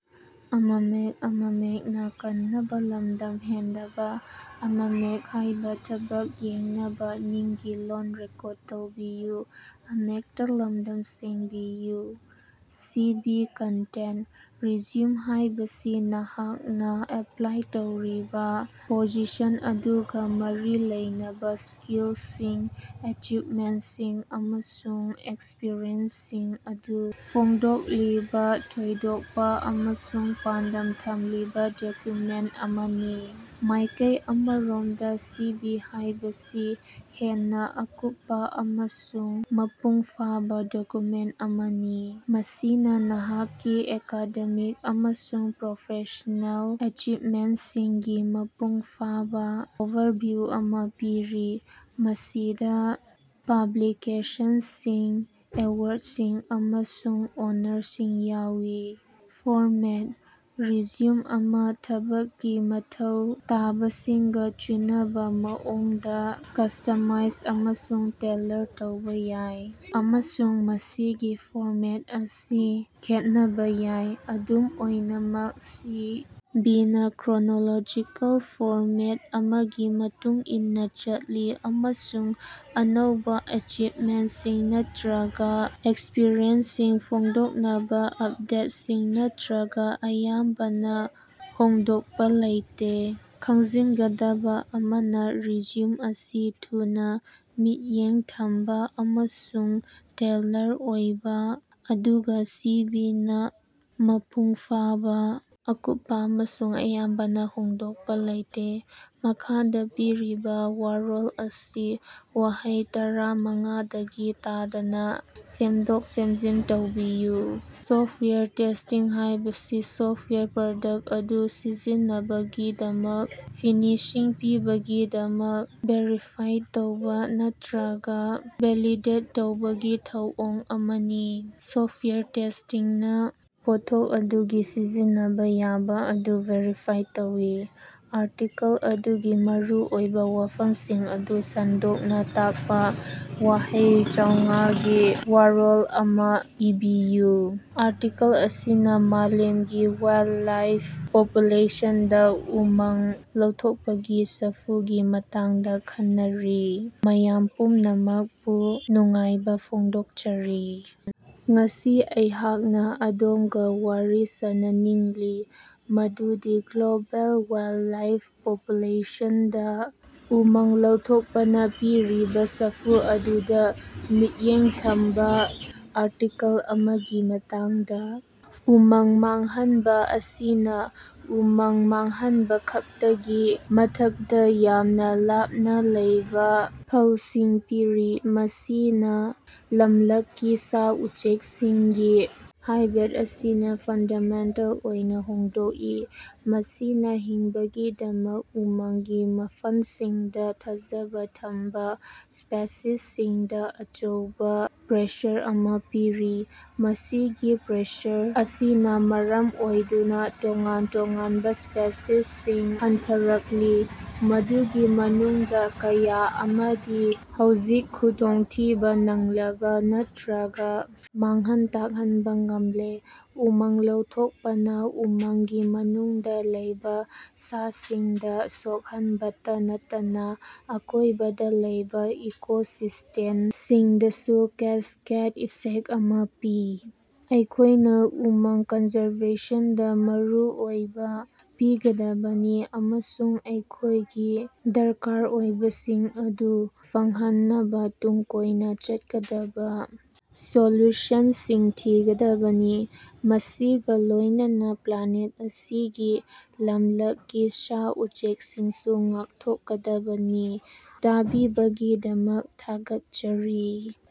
ꯁꯤ V. Content: resume ꯍꯥꯏꯕꯁꯤ ꯅꯍꯥꯛꯅ ꯑꯦꯄ꯭ꯂꯥꯏ ꯇꯧꯔꯤꯕ ꯄꯣꯖꯤꯁꯟ ꯑꯗꯨꯒ ꯃꯔꯤ ꯂꯩꯅꯕ ꯁ꯭ꯀꯤꯜꯁꯤꯡ, ꯑꯦꯆꯤꯚꯃꯦꯟꯠꯁꯤꯡ ꯑꯃꯁꯨꯡ ꯑꯦꯛꯁꯄꯤꯔꯤꯑꯦꯟꯁꯁꯤꯡ ꯑꯗꯨ ꯐꯣꯡꯗꯣꯛꯂꯤꯕꯥ ꯊꯣꯏꯗꯣꯛꯄ ꯑꯃꯁꯨꯡ ꯄꯥꯟꯗꯝ ꯊꯝꯂꯤꯕ ꯗꯣꯀ꯭ꯌꯨꯃꯦꯟꯠ ꯑꯃꯅꯤ꯫ ꯃꯥꯏꯀꯩ ꯑꯃꯔꯣꯝꯗ, ꯁꯤꯚꯤ ꯍꯥꯏꯕꯁꯤ ꯍꯦꯟꯅ ꯑꯀꯨꯞꯄ ꯑꯃꯁꯨꯡ ꯃꯄꯨꯡꯐꯥꯕ ꯗꯣꯀ꯭ꯌꯨꯃꯦꯟꯠ ꯑꯃꯅꯤ, ꯃꯁꯤꯅ ꯅꯍꯥꯛꯀꯤ ꯑꯦꯀꯥꯗꯦꯃꯤꯛ ꯑꯃꯁꯨꯡ ꯄ꯭ꯔꯣꯐꯦꯁꯅꯦꯜ ꯑꯦꯆꯤꯚꯃꯦꯟꯇꯁꯤꯡꯒꯤ ꯃꯄꯨꯡꯐꯥꯕ ꯑꯣꯚꯔꯚꯤꯌꯨ ꯑꯃꯥ ꯄꯤꯔꯤ, ꯃꯁꯤꯗ ꯄꯕ꯭ꯂꯤꯀꯦꯁꯟꯁꯤꯡ, ꯑꯦꯋꯥꯔꯗꯁꯤꯡ ꯑꯃꯁꯨꯡ ꯑꯣꯅꯔꯁꯤꯡ ꯌꯥꯎꯏ꯫ ꯐꯣꯔꯃꯦꯠ: ꯔꯤꯖ꯭ꯌꯨꯝ ꯑꯃꯥ ꯊꯕꯛꯀꯤ ꯃꯊꯧ ꯇꯥꯕꯁꯤꯡꯒ ꯆꯨꯅꯕꯥ ꯃꯑꯣꯡꯗ ꯀ꯭ꯁꯇꯃꯥꯏꯖ ꯑꯃꯁꯨꯡ ꯇꯦꯜꯂꯔ ꯇꯧꯕꯥ ꯌꯥꯏ, ꯑꯃꯁꯨꯡ ꯃꯁꯤꯒꯤ ꯐꯣꯔꯃꯦꯠ ꯑꯁꯤ ꯈꯦꯠꯅꯕ ꯌꯥꯏ꯫ ꯑꯗꯨꯝ ꯑꯣꯏꯅꯃꯛ, ꯁꯤ. ꯚꯤ.ꯅ ꯀ꯭ꯔꯣꯅꯣꯂꯣꯖꯤꯀꯦꯜ ꯐꯣꯔꯃꯦꯠ ꯑꯃꯒꯤ ꯃꯇꯨꯡ ꯏꯟꯅ ꯆꯠꯂꯤ ꯑꯃꯁꯨꯡ ꯑꯅꯧꯕ ꯑꯦꯆꯤꯕꯃꯦꯟꯠꯁꯤꯡ ꯅꯠꯇꯔꯒ ꯑꯦꯛꯁꯄꯔꯤꯌꯦꯟꯁꯁꯤꯡ ꯐꯣꯡꯗꯣꯛꯅꯕ ꯑꯞꯗꯦꯠꯁꯤꯡ ꯅꯠꯇꯅ ꯑꯌꯥꯝꯕꯅ ꯍꯣꯡꯗꯣꯛꯄ ꯂꯩꯇꯦ꯫ ꯈꯪꯖꯤꯟꯒꯗꯕ ꯑꯃꯅ, ꯔꯤꯖ꯭ꯌꯨꯝ ꯑꯁꯤ ꯊꯨꯅ, ꯃꯤꯠꯌꯦꯡ ꯊꯝꯕ ꯑꯃꯁꯨꯡ ꯇꯦꯜꯂꯔ ꯑꯣꯏꯕ, ꯑꯗꯨꯒ ꯁꯤ. ꯚꯤ. ꯅ ꯃꯄꯨꯡꯐꯥꯕ, ꯑꯀꯨꯞꯄ ꯑꯃꯁꯨꯡ ꯑꯌꯥꯝꯕꯅ ꯍꯣꯡꯗꯣꯛꯄ ꯂꯩꯇꯦ꯫ ꯃꯈꯥꯗꯥ ꯄꯤꯔꯤꯕꯥ ꯋꯥꯔꯣꯜ ꯑꯁꯤ ꯋꯥꯍꯩ ꯇꯔꯥ ꯃꯉꯥꯗꯒꯤ ꯇꯥꯗꯅ ꯁꯦꯝꯗꯣꯛ-ꯁꯦꯃꯖꯤꯟ ꯇꯧꯕꯤꯌꯨ꯫ ꯁꯣꯐꯇꯋꯥꯌꯔ ꯇꯦꯁ꯭ꯇꯤꯡ ꯍꯥꯏꯕꯁꯤ ꯁꯣꯐꯇꯋꯥꯌꯔ ꯄ꯭ꯔꯗꯛ ꯑꯗꯨ ꯁꯤꯖꯤꯟꯅꯅꯕꯒꯤꯗꯃꯛ ꯐꯤꯅꯤꯁꯤꯡ ꯄꯤꯅꯕꯒꯤꯗꯃꯛ ꯚꯦꯔꯤꯐꯥꯏ ꯇꯧꯕꯥ, ꯅꯠꯇꯔꯒꯥ ꯚꯦꯂꯤꯗꯦꯠ ꯇꯧꯕꯒꯤ ꯊꯧꯑꯣꯡ ꯑꯃꯅꯤ꯫ ꯁꯣꯐꯇꯋꯥꯌꯔ ꯇꯦꯁ꯭ꯇꯤꯡꯅ ꯄꯣꯠꯊꯣꯛ ꯑꯗꯨꯒꯤ ꯁꯤꯖꯤꯟꯅꯕ ꯌꯥꯕ ꯑꯗꯨ ꯚꯦꯔꯤꯐꯥꯏ ꯇꯧꯏ꯫ ꯑꯥꯔꯇꯤꯀꯜ ꯑꯗꯨꯒꯤ ꯃꯔꯨꯑꯣꯏꯕꯥ ꯋꯥꯐꯃꯁꯤꯡ ꯑꯗꯨ ꯁꯟꯗꯣꯛꯅ ꯇꯥꯛꯄ ꯋꯥꯍꯩ ꯆꯧꯉꯥꯒꯤ ꯋꯥꯔꯣꯜ ꯑꯃꯥ ꯏꯕꯤꯌꯨ꯫ ꯑꯥꯔꯇꯤꯀꯜ ꯑꯁꯤꯅ ꯃꯥꯂꯦꯝꯒꯤ ꯋꯥꯏꯜꯗꯂꯥꯏꯐ ꯄꯣꯄꯨꯂꯦꯁꯟꯗ ꯎꯃꯪ ꯂꯧꯊꯣꯛꯄꯒꯤ ꯁꯥꯐꯨꯒꯤ ꯃꯇꯥꯡꯗ ꯈꯟꯅꯔꯤ꯫ ꯃꯌꯥꯝ ꯄꯨꯝꯅꯃꯀꯄꯨ ꯅꯨꯡꯉꯥꯏꯕ ꯐꯣꯡꯗꯣꯛꯆꯔꯤ꯫ ꯉꯁꯤ ꯑꯩꯍꯥꯛꯅ ꯑꯗꯣꯝꯒ ꯋꯥꯔꯤ ꯁꯥꯅꯅꯤꯡꯂꯤ ꯃꯗꯨꯗꯤ ꯒ꯭ꯂꯣꯕꯦꯜ ꯋꯥꯏꯜꯗꯂꯥꯏꯐ ꯄꯣꯄꯨꯂꯦꯁꯟꯗ ꯎꯃꯪ ꯂꯧꯊꯣꯛꯄꯅ ꯄꯤꯔꯤꯕ ꯁꯥꯐꯨ ꯑꯗꯨꯗ ꯃꯤꯠꯌꯦꯡ ꯊꯝꯕ ꯑꯥꯔꯇꯤꯀꯜ ꯑꯃꯒꯤ ꯃꯇꯥꯡꯗ꯫ ꯎꯃꯪ ꯃꯥꯡꯍꯟꯕ ꯑꯁꯤꯅ ꯎꯃꯪ ꯃꯥꯡꯍꯟꯕꯈꯛꯇꯒꯤ ꯃꯊꯛꯇ ꯌꯥꯝꯅ ꯂꯥꯞꯅ ꯂꯩꯕꯥ ꯐꯜꯁꯤꯡ ꯄꯤꯔꯤ꯫ ꯃꯁꯤꯅ ꯂꯃꯂꯛꯀꯤ ꯁꯥ-ꯎꯆꯦꯀꯁꯤꯡꯒꯤ ꯍꯥꯏꯕꯦꯠ ꯑꯁꯤ ꯐꯟꯗꯥꯃꯦꯟꯇꯦꯜ ꯑꯣꯏꯅ ꯍꯣꯡꯗꯣꯛꯏ, ꯃꯁꯤꯅ ꯍꯤꯡꯅꯕꯒꯤꯗꯃꯛ ꯎꯃꯪꯒꯤ ꯃꯐꯅꯁꯤꯡꯗ ꯊꯥꯖꯕ ꯊꯝꯕ ꯁ꯭ꯄꯦꯁꯤꯁꯁꯤꯡꯗ ꯑꯆꯧꯕ ꯄ꯭ꯔꯦꯁꯔ ꯑꯃ ꯄꯤꯔꯤ꯫ ꯃꯁꯤꯒꯤ ꯄ꯭ꯔꯦꯁꯔ ꯑꯁꯤꯅ ꯃꯔꯝ ꯑꯣꯏꯗꯨꯅ ꯇꯣꯉꯥꯟ ꯇꯣꯉꯥꯟꯕ ꯁ꯭ꯄꯦꯁꯤꯁꯁꯤꯡ ꯍꯟꯊꯔꯛꯂꯤ, ꯃꯗꯨꯒꯤ ꯃꯅꯨꯡꯗ ꯀꯌꯥ ꯑꯃꯗꯤ ꯍꯧꯖꯤꯛ ꯈꯨꯗꯣꯡꯊꯤꯕ ꯅꯪꯂꯕ ꯅꯠꯇꯔꯒ ꯃꯥꯡꯍꯟ ꯇꯥꯛꯍꯟꯕꯥ ꯉꯝꯂꯦ꯫ ꯎꯃꯪ ꯂꯧꯊꯣꯛꯄꯅ ꯎꯃꯪꯒꯤ ꯃꯅꯨꯡꯗ ꯂꯩꯕ ꯁꯥꯁꯤꯡꯗ ꯁꯣꯛꯍꯟꯕꯇ ꯅꯠꯇꯅ ꯑꯀꯣꯏꯕꯗ ꯂꯩꯕ ꯏꯀꯣꯁꯤꯁ꯭ꯇꯦꯅꯁꯤꯡꯗꯁꯨ ꯀꯦꯁꯀꯦꯗ ꯏꯐꯦꯛ ꯑꯃ ꯄꯤ꯫ ꯑꯩꯈꯣꯏꯅꯥ ꯎꯃꯪ ꯀꯟꯖꯥꯔꯕꯦꯁꯟꯗ ꯃꯔꯨ ꯑꯣꯏꯕ ꯄꯤꯒꯗꯕꯅꯤ ꯑꯃꯁꯨꯡ ꯑꯩꯈꯣꯏꯒꯤ ꯗꯔꯀꯥꯔ ꯑꯣꯏꯕꯁꯤꯡ ꯑꯗꯨ ꯐꯪꯍꯟꯅꯕ ꯇꯨꯡ ꯀꯣꯏꯅ ꯆꯠꯀꯗꯕ ꯁꯣꯂꯨꯁꯟꯁꯤꯡ ꯊꯤꯒꯗꯕꯅꯤ, ꯃꯁꯤꯒ ꯂꯣꯏꯅꯅ ꯄ꯭ꯂꯥꯅꯦꯠ ꯑꯁꯤꯒꯤ ꯂꯝꯂꯛꯀꯤ ꯁꯥ-ꯎꯆꯦꯀꯁꯤꯡꯁꯨ ꯉꯥꯛꯊꯣꯛꯀꯗꯕꯅꯤ꯫ ꯇꯥꯕꯤꯕꯒꯤꯗꯃꯛ ꯊꯥꯒꯠꯆꯔꯤ꯫